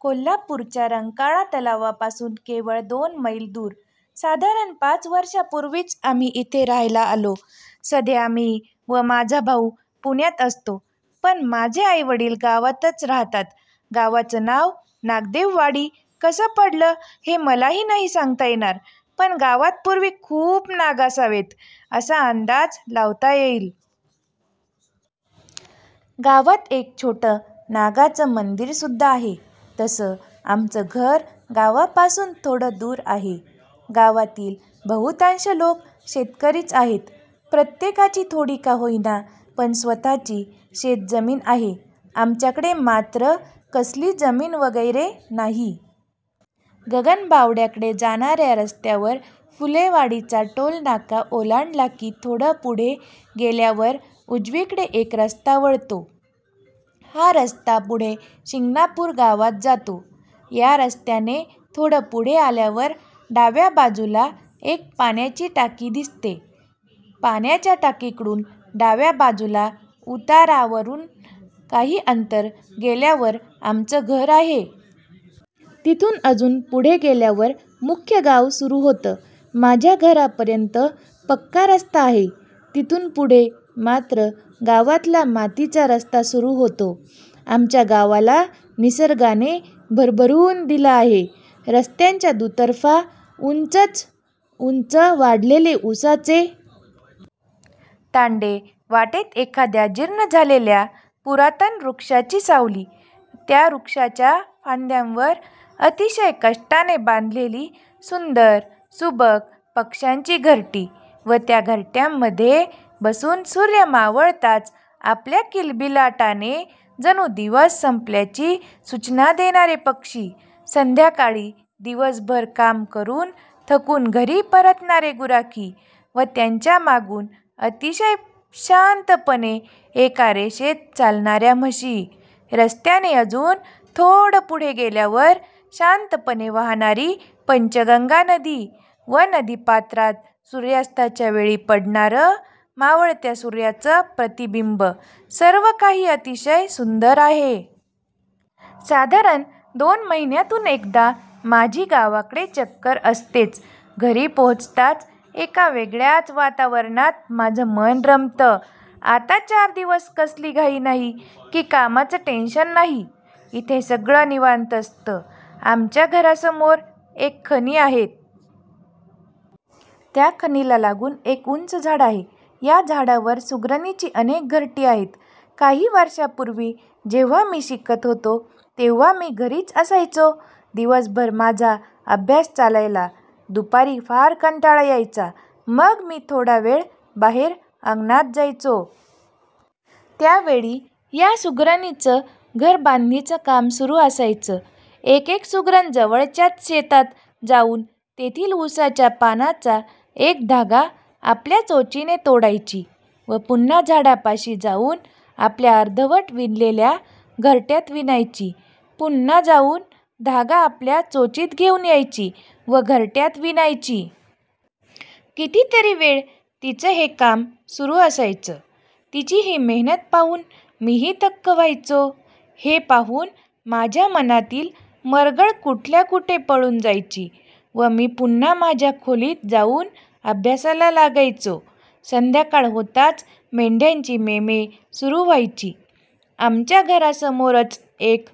कोल्हापूरच्या रंकाळा तलावापासून केवळ दोन मैल दूर. साधारण पाच वर्षांपूर्वीच आम्ही इथे राहायला आलो. सध्या मी व माझा भाऊ पुण्यात असतो पण माझे आई वडील गावातच राहतात. गावाचं नाव नागदेववाडी कसं पडलं हे मलाही नाही सांगता येणार पण गावात पूर्वी खूप नाग असावेत असा अंदाज लावता येईल. गावात एक छोटं नागाचं मंदिर सुद्धा आहे. तसं आमचं घर गावापासून थोडं दूर आहे. गावातील बहुतांश लोक शेतकरीच आहेत. प्रत्येकाची थोडी का होईना पण स्वतःची शेतजमीन आहे. आमच्याकडे मात्र कसली जमीन वगैरे नाही. गगनबावड्याकडे जाणाऱ्या रस्त्यावर फुलेवाडीचा टोलनाका ओलांडला की थोडं पुढे गेल्यावर उजवीकडे एक रस्ता वळतो. हा रस्ता पुढे शिंगणापूर गावात जातो. या रस्त्याने थोडं पुढे आल्यावर डाव्या बाजूला एक पाण्याची टाकी दिसते. पाण्याच्या टाकीकडून डाव्याबाजूला उतारावरून काही अंतर गेल्यावर आमचं घर आहे. तिथून अजून पुढे गेल्यावर मुख्य गाव सुरू होतं. माझ्या घरापर्यंत पक्का रस्ता आहे. तिथून पुढे मात्र गावातला मातीचा रस्ता सुरू होतो. आमच्या गावाला निसर्गाने भरभरून दिलं आहे. रस्त्याच्या दुतर्फा उंचच उंच वाढलेले उसाचे तांडे, वाटेत एखाद्या जीर्ण झालेल्या पुरातन वृक्षाची सावली, त्या वृक्षाच्या फांद्यांवर अतिशय कष्टाने बांधलेली सुंदर, सुबक पक्ष्यांची घरटी व त्या घरट्यांमध्ये बसून सूर्य मावळताच आपल्या किलबिलाटाने जणू दिवस संपल्याची सूचना देणारे पक्षी, संध्याकाळी दिवसभर काम करून थकून घरी परतणारे गुराखी व त्यांच्या मागून अतिशय शांतपणे एका रेषेत चालणाऱ्या म्हशी, रस्त्याने अजून थोडं पुढे गेल्यावर शांतपणे वाहणारी पंचगंगा नदी व नदीपात्रात सूर्यास्ताच्या वेळी पडणारं मावळत्या सूर्याचं प्रतिबिंब, सर्वकाही अतिशय सुंदर आहे. साधारण दोन महिन्यातून एकदा माझी गावाकडे चक्कर असतेच. घरी पोहोचताच एका वेगळ्याच वातावरणात माझं मन रमतं. आता चार दिवस कसली घाई नाही की कामाचं टेन्शन नाही. इथे सगळं निवांत असतं. आमच्या घरासमोर एक खणी आहे. त्या खणीला लागून एक उंच झाड आहे. या झाडावर सुग्रणीची अनेक घरटी आहेत. काही वर्षांपूर्वी जेव्हा मी शिकत होतो तेव्हा मी घरीच असायचो. दिवसभर माझा अभ्यास चालायला. दुपारी फार कंटाळा यायचा मग मी थोडा वेळ बाहेर अंगणात जायचो. त्यावेळी या सुग्रणींचं घरबांधणीच काम सुरू असायचं. एकेक सुगरण जवळच्याच शेतात जाऊन तेथील उसाच्या पानाचा एक धागा आपल्या चोचीने तोडायची व पुन्हा झाडापाशी जाऊन आपल्या अर्धवट विणलेल्या घरट्यात विणायची. पुन्हा जाऊन धागा आपल्या चोचीत घेऊन यायची व घरट्यात विणायची. कितीतरी वेळ तिचं हे काम सुरू असायचं. तिची ही मेहनत पाहून मीही थक्क व्हायचो. हे पाहून माझ्या मनातील मरगळ कुठल्याकुठे पळून जायची व मी पुन्हा माझ्या खोलीत जाऊन अभ्यासाला लागायचो. संध्याकाळ होताच मेंढ्यांची मेमे सुरू व्हायची. आमच्या घरासमोरच एक